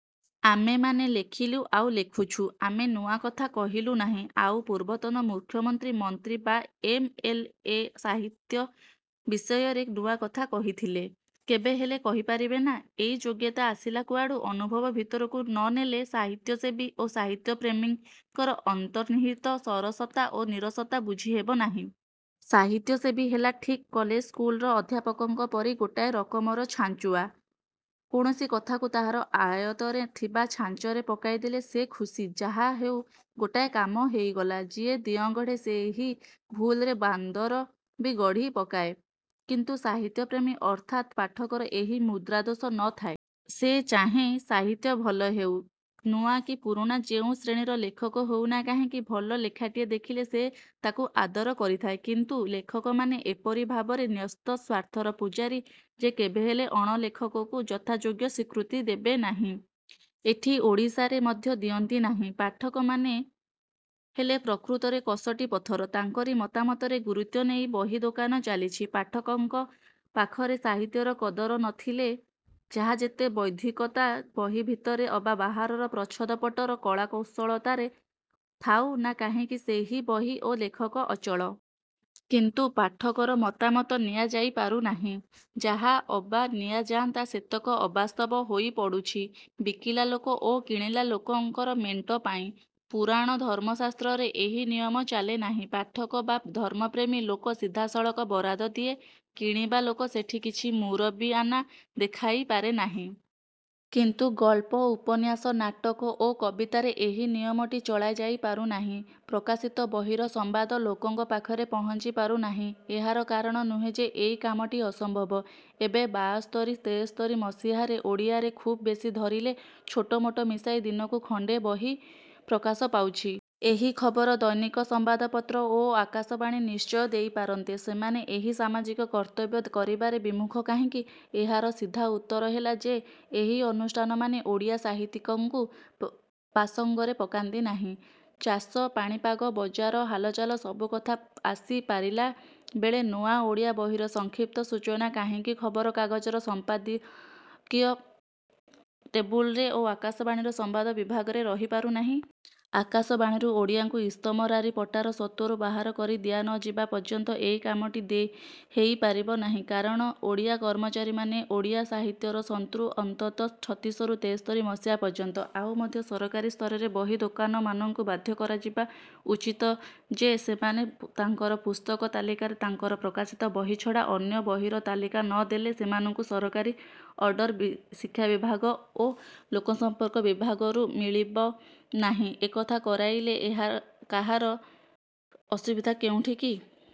ଆମେମାନେ ଲେଖିଲୁ ଆଉ ଲେଖୁଛୁ। ଆମେ ନୂଆ କଥା କହିଲୁ ନାହିଁ। ଆଉ ପୂର୍ବତନ ମୁଖ୍ୟମନ୍ତ୍ରୀ, ମନ୍ତ୍ରୀ ବା ଏମ. ଏଲ. ଏ. ସାହିତ୍ୟ ବିଷୟରେ ନୂଆ କଥା କହିଦେଲେ? କେବେ ହେଲେ କହିପାରିବେ ନା? ଏଇ ଯୋଗ୍ୟତା ଆସିଲା କୁଆଡ଼ୁ? ଅନୁଭବ ଭିତରକୁ ନ ନେଲେ ସାହିତ୍ୟସେବୀ ଓ ସାହିତ୍ୟପ୍ରେମୀଙ୍କର ଅନ୍ତର୍ନିହିତ ସରସତା ଓ ନୀରସତା ବୁଝିହେବ ନାହିଁ। ସାହିତ୍ୟସେବୀ ହେଲା ଠିକ୍ କଲେଜ ସ୍କୁଲର ଅଧ୍ୟାପକଙ୍କ ପରି ଗୋଟାଏ ରକମର ଛାଞ୍ଚୁଆ। କୌଣସି କଥାକୁ ତାହାର ଆୟତ୍ତରେ ଥିବା ଛାଞ୍ଚରେ ପକାଇ ଦେଲେ ସେ ଖୁସି-ଯାହା ହେଉ ଗୋଟାଏ କାମ ହେଇଗଲା। ଯିଏ ଦିଅଁଗଢ଼େ ସେହି ଭୁଲରେ ବାନ୍ଦର ବି ଗଢ଼ି ପକାଏ। କିନ୍ତୁ ସାହିତ୍ୟପ୍ରେମୀ ଅର୍ଥାତ୍ ପାଠକର ଏହି ମୁଦ୍ରାଦୋଷ ନ ଥାଏ। ସେ ଚାହେଁ ସାହିତ୍ୟ ଭଲ ହେଉ। ନୂଆ କି ପୁରୁଣା ଯେଉଁ ଶ୍ରେଣୀର ଲେଖକ ହେଉ ନା କାହିଁକି ଭଲ ଲେଖାଟିଏ ଦେଖିଲେ ସେ ତାକୁ ଆଦର କରିଥାଏ। କିନ୍ତୁ ଲେଖକମାନେ ଏପରି ଭାବରେ ନ୍ୟସ୍ତ ସ୍ୱାର୍ଥର ପୂଜାରୀ ଯେ କେବେହେଲେ ଅଣଲେଖକକୁ ଯଥାଯୋଗ୍ୟ ସ୍ୱୀକୃତି ଦେବେ ନାହିଁ। ଏଠି ଓଡ଼ିଶାରେ ମଧ୍ୟ ଦିଅନ୍ତି ନାହିଁ। ପାଠକମାନେ ହେଲେ ପ୍ରକୃତରେ କଷଟି ପଥର। ତାଙ୍କରି ମତାମତରେ ଗୁରୁତ୍ୱ ନେଇ ବହିଦୋକାନ ଚାଲିଛି। ପାଠକଙ୍କ ପାଖରେ ସାହିତ୍ୟର କଦର ନ ଥିଲେ ଯାହା ଯେତେ ବୌଦ୍ଧିକତା ବହି ଭିତରେ ଅବା ବାହାରର ପ୍ରଚ୍ଛଦପଟର କଳାକୁଶଳତାରେ ଥାଉ ନା କାହିଁକି ସେହି ବହି ଓ ଲେଖକ ଅଚଳ। କିନ୍ତୁ ପାଠକର ମତାମତ ନିଆଯାଇପାରୁ ନାହିଁ। ଯାହା ଅବା ନିଆ ଯାଆନ୍ତା ସେତକ ଅବାସ୍ତବ ହେଇ ପଡ଼ୁଛି ବିକିଲା ଲୋକ ଓ କିଣିଲା ଲୋକଙ୍କର ମେଣ୍ଟପାଇଁ। ପୁରାଣ ଧର୍ମଶାସ୍ତ୍ରରେ ଏହି ନିୟମ ଚାଲେ ନାହିଁ। ପାଠକ ବା ଧର୍ମପ୍ରେମୀ ଲୋକ ସିଧାସଳଖ ବରାଦ ଦିଏ। କିଣିବା ଲୋକ ସେଠି କିଛି ମୁରବିଆନା ଦେଖାଇ ପାରେ ନାହିଁ। କିନ୍ତୁ ଗଳ୍ପ, ଉପନ୍ୟାସ, ନାଟକ ଓ କବିତାରେ ଏହି ନିୟମଟି ଚଳାଯାଇ ପାରୁନାହିଁ। ପ୍ରକାଶିତ ବହିର ସମ୍ବାଦ ଲୋକଙ୍କ ପାଖରେ ପହଞ୍ଚିପାରୁ ନାହିଁ। ଏହାର କାରଣ ନୁହେଁ ଯେ ଏଇ କାମଟି ଅସମ୍ଭବ। ଏବେ ବାଆସ୍ତରୀ ତେସ୍ତରି ମସିହାରେ ଓଡ଼ିଆରେ ଖୁବ୍ ବେଶି ଧରିଲେ ଛୋଟ ମୋଟ ମିଶାଇ ଦିନକୁ ଖଣ୍ଡେ ବହି ପ୍ରକାଶ ପାଉଛି। ଏହି ଖବର ଦୈନିକ ସମ୍ବାଦପତ୍ର ଓ ଆକାଶବାଣୀ ନିଶ୍ଚୟ ଦେଇ ପାରନ୍ତେ। ସେମାନେ ଏହି ସାମାଜିକ କର୍ତ୍ତବ୍ୟ କରିବାରେ ବିମୁଖ କାହିଁକି? ଏହାର ସିଧା ଉତ୍ତର ହେଲା ଯେ ଏହି ଅନୁଷ୍ଠାନମାନେ ଓଡ଼ିଆ ସାହିତ୍ୟିକଙ୍କୁ ପାସଙ୍ଗରେ ପକାନ୍ତି ନାହିଁ। ଚାଷ, ପାଣିପାଗ, ବଜାର ହାଲଚାଲ ସବୁ କଥା ଆସି ପାରିଲା ବେଳେ ନୂଆ ଓଡ଼ିଆ ବହିର ସଂକ୍ଷିପ୍ତ ସୂଚନା କାହିଁକି ଖବରକାଗଜର ସଂପାଦକୀୟ ଟେବୁଲରେ ଓ ଆକାଶବାଣୀର ସମ୍ବାଦ ବିଭାଗରେ ରହିପାରୁ ନାହିଁ? ଆକାଶବାଣୀରୁ ଓଡ଼ିଆଙ୍କୁ ଇସ୍ତମରାରୀ ପଟାର ସତ୍ତ୍ୱରୁ ବାହାର କରି ଦିଆନଯିବା ପର୍ଯ୍ୟନ୍ତ ଏଇ କାମଟି ହେଇ ପାରିବ ନାହିଁ। କାରଣ ଓଡ଼ିଆ କର୍ମଚାରୀମାନେ ଓଡ଼ିଆ ସାହିତ୍ୟର ଶନ୍ତ୍ରୁ-ଅନ୍ତତ ଛତିଶରୁ ତେସ୍ତରି ମସିହା ପର୍ଯ୍ୟନ୍ତ। ଆଉ ମଧ୍ୟ ସରକାରୀ ସ୍ତରରେ ବହି ଦୋକାନମାନଙ୍କୁ ବାଧ୍ୟ କରାଯିବା ଉଚିତ୍ ଯେ ସେମାନେ ତାଙ୍କର ପୁସ୍ତକ ତାଲିକାରେ ତାଙ୍କର ପ୍ରକାଶିତ ବହି ଛଡ଼ା ଅନ୍ୟ ବହିର ତାଲିକା ନ ଦେଲେ ସେମାନଙ୍କୁ ସରକାରୀ ଅର୍ଡର ଶିକ୍ଷାବିଭାଗ ଓ ଲୋକସଂପର୍କ ବିଭାଗରୁ ମିଳିବ ନାହିଁ। ଏକଥା କରାଇଲେ କାହାର ଅସୁବିଧା କେଉଁଠି-କିଏ